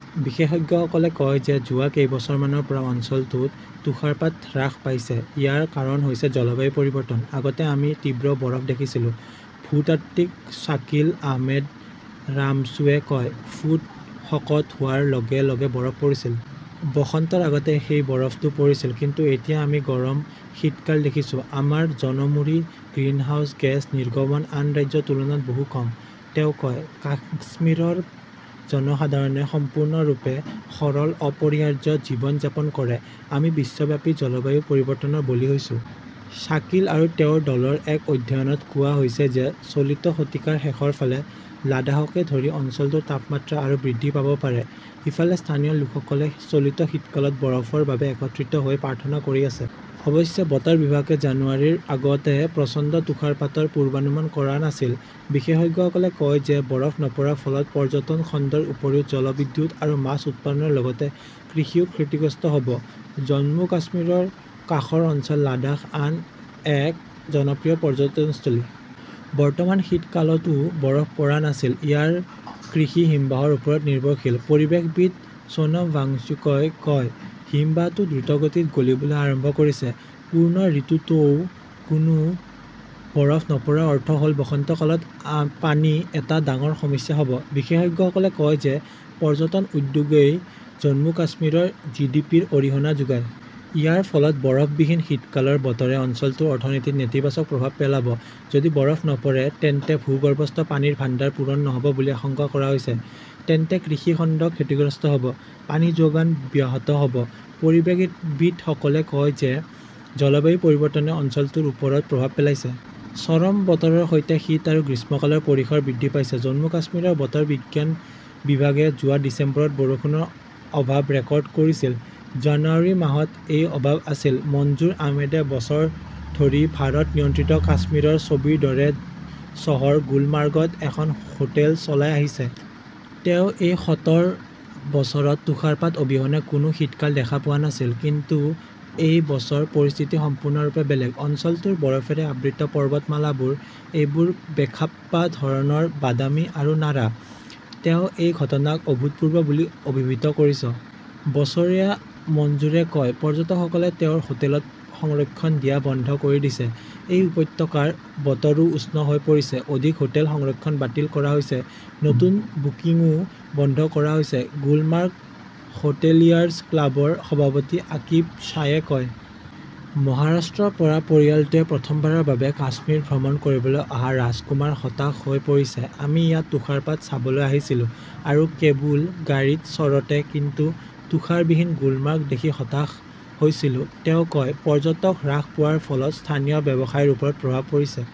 বিশেষজ্ঞসকলে কয় যে যোৱা কেইবছৰমানৰ পৰা অঞ্চলটোত তুষাৰপাত হ্ৰাস পাইছে। ইয়াৰ কাৰণ হৈছে জলবায়ু পৰিৱৰ্তন। " -আগতে আমি তীব্ৰ বৰফ দেখিছিলোঁ", ভূতাত্ত্বিক শ্বাকিল আহমেদ ৰামছুৱে কয়। ফুট শকত হোৱাৰ লগে লগে বৰফ পৰিছিল। বসন্তৰ আগতে সেই বৰফটো পৰিছিল। কিন্তু এতিয়া আমি গৰম শীতকাল দেখিছোঁ। "আমাৰ জনমূৰি গ্ৰিনহাউজ গেছ নিৰ্গমন আন ৰাজ্যৰ তুলনাত বহু কম", তেওঁ কয়। কাশ্মীৰৰ জনসাধাৰণে সম্পূৰ্ণৰূপে সৰল, অপৰিহাৰ্য জীৱন যাপন কৰে। আমি বিশ্বব্যাপী জলবায়ু পৰিৱৰ্তনৰ বলি হৈছো। "শাকিল আৰু তেওঁৰ দলৰ এক অধ্যয়নত কোৱা হৈছে যে চলিত শতিকাৰ শেষৰ ফালে লাডাখকে ধৰি অঞ্চলটোৰ তাপমাত্ৰা আৰু বৃদ্ধি পাব পাৰে।" ইফালে, স্থানীয় লোকসকলে চলিত শীতকালত বৰফৰ বাবে একত্ৰিত হৈ প্ৰাৰ্থনা কৰি আছে। অৱশ্যে, বতৰ বিভাগে জানুৱাৰীৰ আগতে প্ৰচণ্ড তুষাৰপাতৰ পূৰ্বানুমান কৰা নাছিল। বিশেষজ্ঞসকলে কয় যে বৰফ নপৰাৰ ফলত পৰ্যটন খণ্ডৰ উপৰিও জলবিদ্যুৎ আৰু মাছ উৎপাদনৰ লগতে কৃষিও ক্ষতিগ্ৰস্ত হ'ব। জম্মু-কাশ্মীৰৰ কাষৰ অঞ্চল লাডাখ আন এক জনপ্ৰিয় পৰ্যটনস্থলী। বৰ্তমানৰ শীতকালতও বৰফ পৰা নাছিল। "ইয়াৰ কৃষি হিমবাহৰ ওপৰত নিৰ্ভৰশীল", পৰিৱেশবিদ সোনম ৱাংচুকই কয়। হিমবাহটো দ্ৰুতগতিত গলিবলৈ আৰম্ভ কৰিছে। পূৰ্ণ ঋতুতও কোনো বৰফ নপৰাৰ অৰ্থ হ'ল বসন্তকালত পানী এটা ডাঙৰ সমস্যা হ'ব। "বিশেষজ্ঞসকলে কয় যে পৰ্যটন উদ্যোগই জম্মু-কাশ্মীৰৰ জিডিপিৰ অৰিহণা যোগায়। ইয়াৰ ফলত বৰফবিহীন শীতকালৰ বতৰে অঞ্চলটোৰ অৰ্থনীতিত নেতিবাচক প্ৰভাৱ পেলাব। যদি বৰফ নপৰে তেন্তে ভূগৰ্ভস্থ পানীৰ ভাণ্ডাৰ পূৰণ নহ'ব বুলি আশংকা কৰা হৈছে, তেন্তে কৃষি খণ্ড ক্ষতিগ্ৰস্ত হ'ব; পানী যোগান ব্যাহত হ'ব। পৰিৱেশবিদসকলে কয় যে জলবায়ু পৰিৱৰ্তনে অঞ্চলটোৰ ওপৰত প্ৰভাৱ পেলাইছে। চৰম বতৰৰ সৈতে শীত আৰু গ্ৰীষ্মকালৰ পৰিসৰ বৃদ্ধি পাইছে। জম্মু-কাশ্মীৰৰ বতৰ বিজ্ঞান বিভাগে যোৱা ডিচেম্বৰত বৰষুণৰ অভাৱ ৰেকৰ্ড কৰিছিল। জানুৱাৰী মাহত এই অভাৱ আছিল। মনজুৰ আহমেদে বছৰ ধৰি ভাৰত-নিয়ন্ত্ৰিত কাশ্মীৰৰ ছবিৰ দৰে চহৰ গুলমাৰ্গত এখন হোটেল চলাই আহিছে। তেওঁ এই সতৰ বছৰত তুষাৰপাত অবিহনে কোনো শীতকাল দেখা পোৱা নাছিল। কিন্তু এই বছৰ পৰিস্থিতি সম্পূৰ্ণৰূপে বেলেগ। অঞ্চলটোৰ বৰফৰে আবৃত পৰ্বতমালাবোৰ এইবাৰ বেখাপ্পা ধৰণৰ বাদামী আৰু নাৰা। তেওঁ এই ঘটনাক "অভূতপূৰ্ব" বুলি অভিহিত কৰিছে। বছৰীয়া মনজুৰে কয়, "পৰ্যটকসকলে তেওঁৰ হোটেলত সংৰক্ষণ দিয়া বন্ধ কৰি দিছে।"এই উপত্যকাৰ বতৰো উষ্ণ হৈ পৰিছে।" অধিক হোটেল সংৰক্ষণ বাতিল কৰা হৈছে, নতুন বুকিংও বন্ধ কৰা হৈছে", গুলমাৰ্গ হোটেলিয়াৰ্ছ ক্লাবৰ সভাপতি আকিব ছায়ে কয়। "মহাৰাষ্ট্ৰৰ পৰা পৰিয়ালটোৱে প্ৰথমবাৰৰ বাবে কাশ্মীৰ ভ্ৰমণ কৰিবলৈ অহা ৰাজকুমাৰ হতাশ হৈ পৰিছে। "আমি ইয়াত তুষাৰপাত চাবলৈ আহিছিলো আৰু কেবুল গাড়ীত চড়তে. কিন্তু তুষাৰবিহীন গুলমাৰ্গ দেখি হতাশ হৈছিলো", তেওঁ কয়। "পৰ্যটক হ্ৰাস পোৱাৰ ফলত স্থানীয় ব্যৱসায়ৰ ওপৰত প্ৰভাৱ পৰিছে।